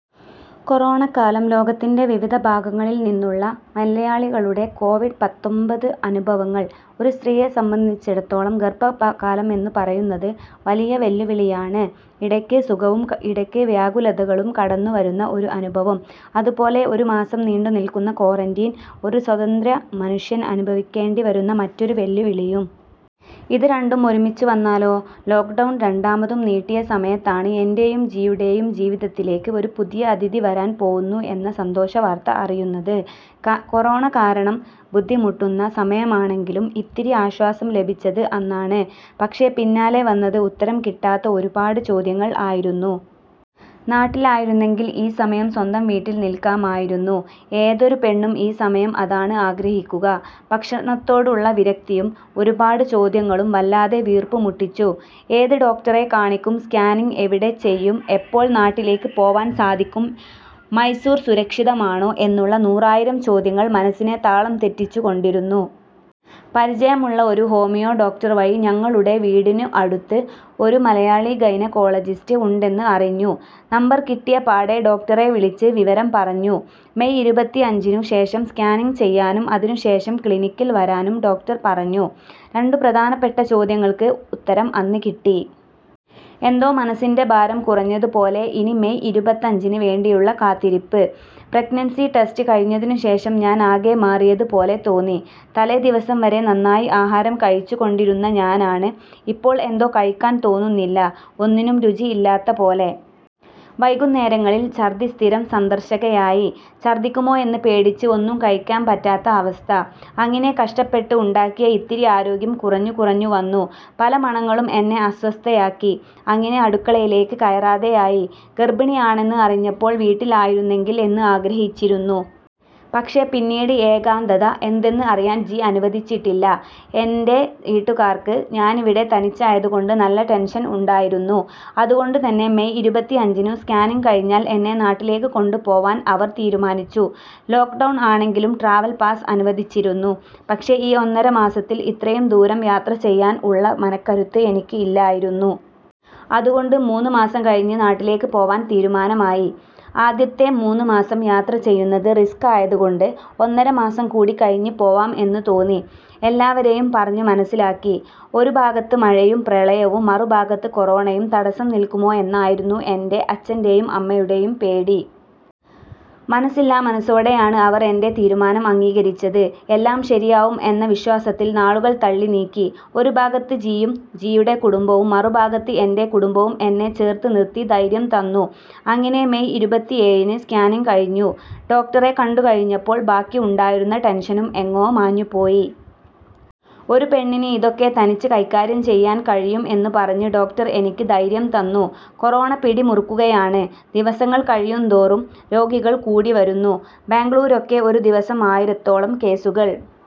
കൊറോണക്കാലം ലോകത്തിന്റെ വിവിധ ഭാഗങ്ങളില്നിന്നുള്ള മലയാളികളുടെ കൊവിഡ് പത്തൊമ്പത് അനുഭവങ്ങൾ. ഒരു സ്ത്രീയെ സംബന്ധിച്ചിടത്തോളം ഗര്‍ഭകാലം എന്ന് പറയുന്നത് വലിയ വെല്ലുവിളിയാണ്. ഇടയ്ക്ക് സുഖവും ഇടയ്ക്ക് വ്യാകുലതകളും കടന്നുവരുന്ന ഒരു അനുഭവം. അതുപോലെ ഒരു മാസം നീണ്ടുനില്‍ക്കുന്ന ക്വാറന്റീൻ ഒരു സ്വതന്ത്ര മനുഷ്യൻ അനുഭവിക്കേണ്ടി വരുന്ന മറ്റൊരു വെല്ലുവിളിയും. ഇത് രണ്ടും ഒരുമിച്ച് വന്നാലോ? ലോക്ക്ഡൗൺ രണ്ടാമതും നീട്ടിയ സമയത്താണ് എന്‍റെയും ജിയുടെയും ജീവിതത്തിലേക്ക് ഒരു പുതിയ അതിഥി വരാന്‍ പോവുന്നു എന്ന സന്തോഷ വാര്‍ത്ത അറിയുന്നത്. കൊറോണ കാരണം ബുദ്ധിമുട്ടുന്ന സമയമാണെങ്കിലും ഇത്തിരി ആശ്വാസം ലഭിച്ചത് അന്നാണ്. പക്ഷേ പിന്നാലെ വന്നത് ഉത്തരം കിട്ടാത്ത ഒരുപാട് ചോദ്യങ്ങള്‍ ആയിരുന്നു. നാട്ടില്‍ ആയിരുന്നെങ്കില്‍ ഈ സമയം സ്വന്തം വീട്ടില്‍ നില്‍ക്കാമായിരുന്നു. ഏതൊരു പെണ്ണും ഈ സമയം അതാണ് ആഗ്രഹിക്കുക. ഭക്ഷണത്തോടുള്ള വിരക്തിയും ഒരുപാട് ചോദ്യങ്ങളും വല്ലാതെ വീര്പ്പുമുട്ടിച്ചു. ഏത് ഡോക്ടറെ കാണിക്കും, സ്കാനിംഗ് എവിടെ ചെയ്യും, എപ്പോള്‍ നാട്ടിലേക്ക് പോവാന്‍ സാധിക്കും, മൈസൂര്‍ സുരക്ഷിതമാണോ എന്നുള്ള നൂറായിരം ചോദ്യങ്ങള്‍ മനസ്സിനെ താളം തെറ്റിച്ചു കൊണ്ടിരുന്നു. പരിചയമുള്ള ഒരു ഹോമിയോ ഡോക്ടര്‍ വഴി ഞങ്ങളുടെ വീടിനു അടുത്ത് ഒരു മലയാളി ഗൈനക്കോളജിസ്റ്റ് ഉണ്ടെന്ന് അറിഞ്ഞു. നമ്പര്‍ കിട്ടിയപാടെ ഡോക്ടറെ വിളിച്ച് വിവരം പറഞ്ഞു. മെയ് ഇരുപത്തിഅഞ്ചിനു ശേഷം സ്കാനിംഗ് ചെയ്യാനും അതിനുശേഷം ക്ലിനിക്കില്‍ വരാനും ഡോക്ടര്‍ പറഞ്ഞു. രണ്ടു പ്രധാനപ്പെട്ട ചോദ്യങ്ങള്‍ക്ക് ഉത്തരം അന്ന് കിട്ടി. എന്തോ മനസ്സിന്‍റെ ഭാരം കുറഞ്ഞത് പോലെ. ഇനി മെയ് ഇരുപത്തഞ്ചിന് വേണ്ടിയുള്ള കാത്തിരിപ്പ്. പ്രഗ്നൻസീ ടെസ്റ്റ് കഴിഞ്ഞതിനു ശേഷം ഞാന്‍ ആകെ മാറിയത് പോലെ തോന്നി. തലേ ദിവസം വരെ നന്നായി ആഹാരം കഴിച്ചു കൊണ്ടിരുന്ന ഞാന്‍ ആണ്. ഇപ്പോള്‍ എന്തോ കഴിക്കാന്‍ തോന്നുന്നില്ല. ഒന്നിനും രുചി ഇല്ലാത്ത പോലെ. വൈകുന്നേരങ്ങളില്‍ ഛര്‍ദ്ദി സ്ഥിരം സന്ദര്‍ശകയായി. ഛര്‍ദ്ദിക്കുമോ എന്ന് പേടിച്ച് ഒന്നും കഴിക്കാന്‍ പറ്റാത്ത അവസ്ഥ. അങ്ങിനെ കഷ്ടപ്പെട്ട് ഉണ്ടാക്കിയ ഇത്തിരി ആരോഗ്യം കുറഞ്ഞു കുറഞ്ഞു വന്നു. പല മണങ്ങളും എന്നെ അസ്വസ്ഥയാക്കി. അങ്ങിനെ അടുക്കളയിലേക്ക് കയറാതെ ആയി. ഗര്‍ഭിണി ആണെന്ന് അറിഞ്ഞപ്പോള്‍ വീട്ടില്‍ ആയിരുന്നെങ്കില്‍ എന്ന് ആഗ്രഹിച്ചിരുന്നു. പക്ഷേ പിന്നീട് ഏകാന്തത എന്തെന്ന് അറിയാന്‍ ജി അനുവദിച്ചിട്ടില്ല. എന്‍റെ വീട്ടുകാര്‍ക്ക് ഞാനിവിടെ തനിച്ചായത് കൊണ്ട് നല്ല ടെന്‍ഷന്‍ ഉണ്ടായിരുന്നു. അതുകൊണ്ട് തന്നെ മെയ് ഇരുപത്തിഅഞ്ചിനു സ്കാനിംഗ് കഴിഞ്ഞാല്‍ എന്നെ നാട്ടിലേക്ക് കൊണ്ടു പോവാന്‍ അവര്‍ തീരുമാനിച്ചു. ലോക്ക്ഡൗൺ ആണെങ്കിലും ട്രാവല്‍ പാസ് അനുവദിച്ചിരുന്നു. പക്ഷേ ഈ ഒന്നര മാസത്തില്‍ ഇത്രയും ദൂരം യാത്ര ചെയ്യാന്‍ ഉള്ള മനക്കരുത്ത് എനിക്ക് ഇല്ലായിരുന്നു. അതുകൊണ്ട് മൂന്ന്മാസം കഴിഞ്ഞ് നാട്ടിലേക്ക് പോവാന്‍ തീരുമാനം ആയി. ആദ്യത്തെ മൂന്ന് മാസം യാത്ര ചെയ്യുന്നത് റിസ്ക് ആയത് കൊണ്ട് ഒന്നര മാസം കൂടി കഴിഞ്ഞ് പോവാം എന്ന് തോന്നി. എല്ലാവരെയും പറഞ്ഞ് മനസ്സിലാക്കി. ഒരു ഭാഗത്ത് മഴയും പ്രളയവും മറുഭാഗത്ത് കൊറോണയും തടസം നില്‍ക്കുമോ എന്നായിരുന്നു എന്‍റെ അച്ചന്‍റെയും അമ്മയുടെയും പേടി. മനസ്സില്ലാമനസ്സോടെ ആണ് അവര്‍ എന്‍റെ തീരുമാനം അംഗീകരിച്ചത്. എല്ലാം ശരിയാവും എന്ന വിശ്വാസത്തില്‍ നാളുകള്‍ തള്ളി നീക്കി. ഒരു ഭാഗത്ത് ജിയും ജിയുടെ കുടുംബവും മറുഭാഗത്ത് എന്‍റെ കുടുംബവും എന്നെ ചേര്‍ത്ത് നിര്‍ത്തി ധൈര്യം തന്നു. അങ്ങിനെ മെയ് ഇരുപത്തിഏഴിന് സ്കാനിങ് കഴിഞ്ഞു. ഡോക്ടറെ കണ്ടുകഴിഞ്ഞപ്പോൾ ബാക്കി ഉണ്ടായിരുന്ന ടെന്‍ഷനും എങ്ങോ മാഞ്ഞു പോയി. ഒരു പെണ്ണിന് ഇതൊക്കെ തനിച്ച് കൈകാര്യം ചെയ്യാന്‍ കഴിയും എന്ന് പറഞ്ഞ് ഡോക്ടര്‍ എനിക്ക് ധൈര്യം തന്നു. കൊറോണ പിടി മുറുക്കുകയാണ്. ദിവസങ്ങള്‍ കഴയുംതോറും രോഗികള് കൂടി വരുന്നു. ബാംഗ്ലൂര്‍ ഒക്കെ ഒരു ദിവസം ആയിരത്തോളം കേസുകള്‍.